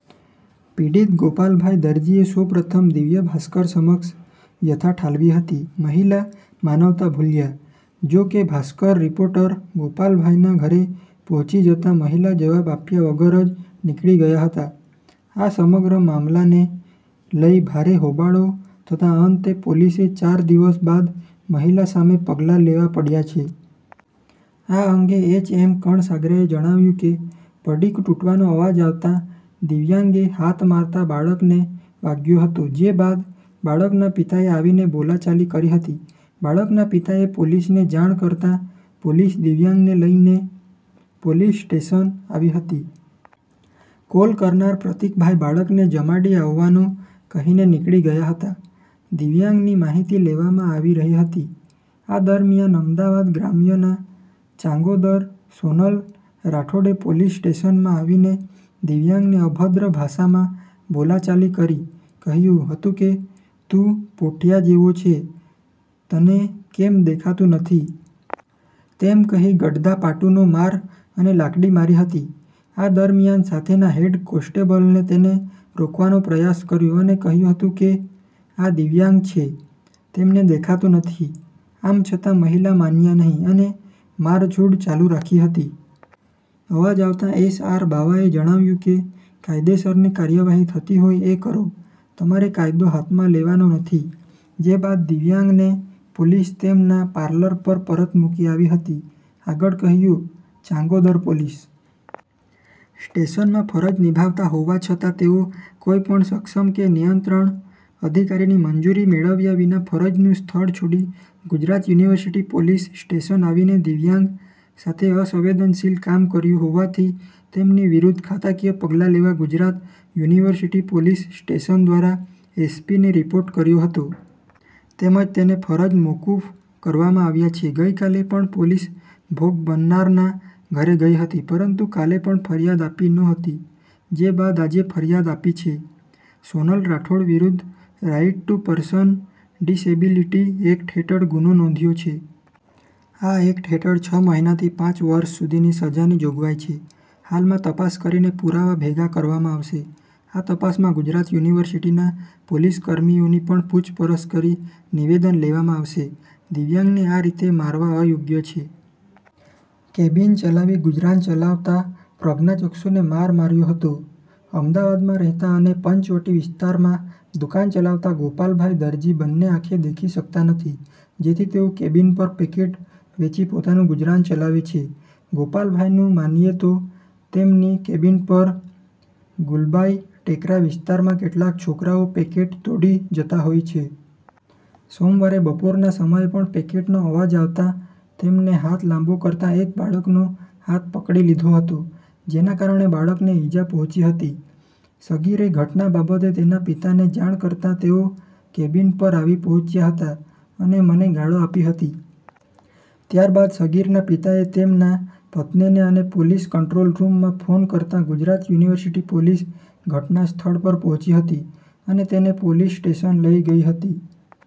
પીડિત ગોપાલભાઈ દરજીએ સૌ પ્રથમ દિવ્ય ભાસ્કર સમક્ષ વ્યથા ઠાલવી હતી. મહિલા માનવતા ભૂલ્યા. જો કે, ભાસ્કર રિપોર્ટર ગોપાલભાઈના ઘરે પહોંચી જતા મહિલા જવાબ આપ્યા વગર જ નીકળી ગયા હતા. આ સમગ્ર મામલાને લઈ ભારે હોબાળો થતા અંતે પોલીસે ચાર દિવસ બાદ મહિલા સામે પગલાં લેવા પડ્યા છે. આ અંગે એચ. એમ કણસાગરાએ જણાવ્યું કે "પડીકું તૂટવાનો અવાજ આવતા દિવ્યાંગે હાથ મારતા બાળકને વાગ્યો હતો. જે બાદ બાળકના પિતાએ આવીને બોલાચાલી કરી હતી. બાળકના પિતાએ પોલીસને જાણ કરતા પોલીસ દિવ્યાંગને લઈને પોલીસ સ્ટેશન આવી હતી." કોલ કરનાર પ્રતિકભાઈ બાળકને જમાડી આવવાનું કહીને નીકળી ગયા હતા. દિવ્યાંગની માહિતી લેવામાં આવી રહી હતી. આ દરમિયાન અમદાવાદ ગ્રામ્યના ચાંગોદર સોનલ રાઠોડે પોલીસ સ્ટેશનમાં આવીને દિવ્યાંગને અભદ્ર ભાષામાં બોલાચાલી કરી કહ્યું હતું કે, "તું પોઠીયા જેવો છે, તને કેમ દેખાતું નથી? તેમ કહી ગડદાપાટુનો માર અને લાકડી મારી હતી." આ દરમિયાન સાથેના હેડ કોન્સ્ટેબલે તેને રોકવાનો પ્રયાસ કર્યો અને કહ્યું હતું કે, "આ દિવ્યાંગ છે, તેમને દેખાતું નથી.' આમ છતાં મહિલા માન્યા નહીં અને મારઝૂડ ચાલુ રાખી હતી. અવાજ આવતા એસ. આર. બાવાએ જણાવ્યું કે, "કાયદેસરની કાર્યવાહી થતી હોય એ કરો તમારે કાયદો હાથમાં લેવાનો નથી." જે બાદ દિવ્યાંગને પોલીસ તેમના પાર્લર પર પરત મૂકી આવી હતી. આગળ કહ્યું, "ચાંગોદર પોલીસ સ્ટેશનમાં ફરજ નિભાવતા હોવા છતાં તેઓ કોઈપણ સક્ષમ કે નિયંત્રણ અધિકારીની મંજૂરી મેળવ્યા વિના ફરજનું સ્થળ છોડી ગુજરાત યુનિવર્સિટી પોલીસ સ્ટેશન આવીને દિવ્યાંગ સાથે અસંવેદનશીલ કામ કર્યું હોવાથી તેમની વિરુદ્ધ ખાતાકીય પગલાં લેવા ગુજરાત યુનિવર્સિટી પોલીસ સ્ટેશન દ્વારા એસ પીને રિપોર્ટ કર્યો હતો. તેમજ તેને ફરજ મોકૂફ કરવામાં આવ્યા છે. ગઈકાલે પણ પોલીસ ભોગ બનનારના ઘરે ગઈ હતી, પરંતુ કાલે પણ ફરિયાદ આપી નહોતી. જે બાદ આજે ફરિયાદ આપી છે. સોનલ રાઠોડ વિરુદ્ધ right to person disability act હેઠળ ગુનો નોંધ્યો છે. આ એક્ટ હેઠળ છ મહિનાથી પાંચ વર્ષ સુધીની સજાની જોગવાઈ છે. હાલમાં તપાસ કરીને પુરાવા ભેગા કરવામાં આવશે. આ તપાસમાં ગુજરાત યુનિવર્સિટીના પોલીસ કર્મચારીઓની પણ પૂછપરછ કરી નિવેદન લેવામાં આવશે. દિવ્યાંગને આ રીતે મારવા અયોગ્ય છે. કેબીન ચલાવી ગુજરાન ચલાવતા પ્રજ્ઞાચક્ષુને માર માર્યો હતો. અમદાવાદમાં રહેતા અને પંચવટી વિસ્તારમાં દુકાન ચલાવતા ગોપાલભાઈ દરજી બંને આંખે દેખી શકતા નથી. જેથી તેઓ કેબીન પર પેકેટ વેચી પોતાનું ગુજરાન ચલાવે છે. ગોપાલભાઈનું માનીએ તો, તેમની કેબીન પર ગુલબાઈ ટેકરા વિસ્તારમાં કેટલાક છોકરાઓ પેકેટ તોડી જતા હોય છે. સોમવારે બપોરના સમયે પણ પેકેટનો અવાજ આવતા તેમને હાથ લાંબો કરતા એક બાળકનો હાથ પકડી લીધો હતો. જેના કારણે બાળકને ઈજા પહોંચી હતી. સગીરે ઘટના બાબતે તેના પિતાને જાણ કરતા તેઓ કેબીન પર આવી પહોંચ્યા હતા, અને મને ગાળો આપી હતી. ત્યારબાદ સગીરના પિતાએ તેમના પત્નીને અને પોલીસ કંટ્રોલ રૂમમાં ફોન કરતા ગુજરાત યુનિવર્સિટી પોલીસ ઘટનાસ્થળ પર પહોંચી હતી. અને તેને પોલીસ સ્ટેશન લઈ ગઈ હતી.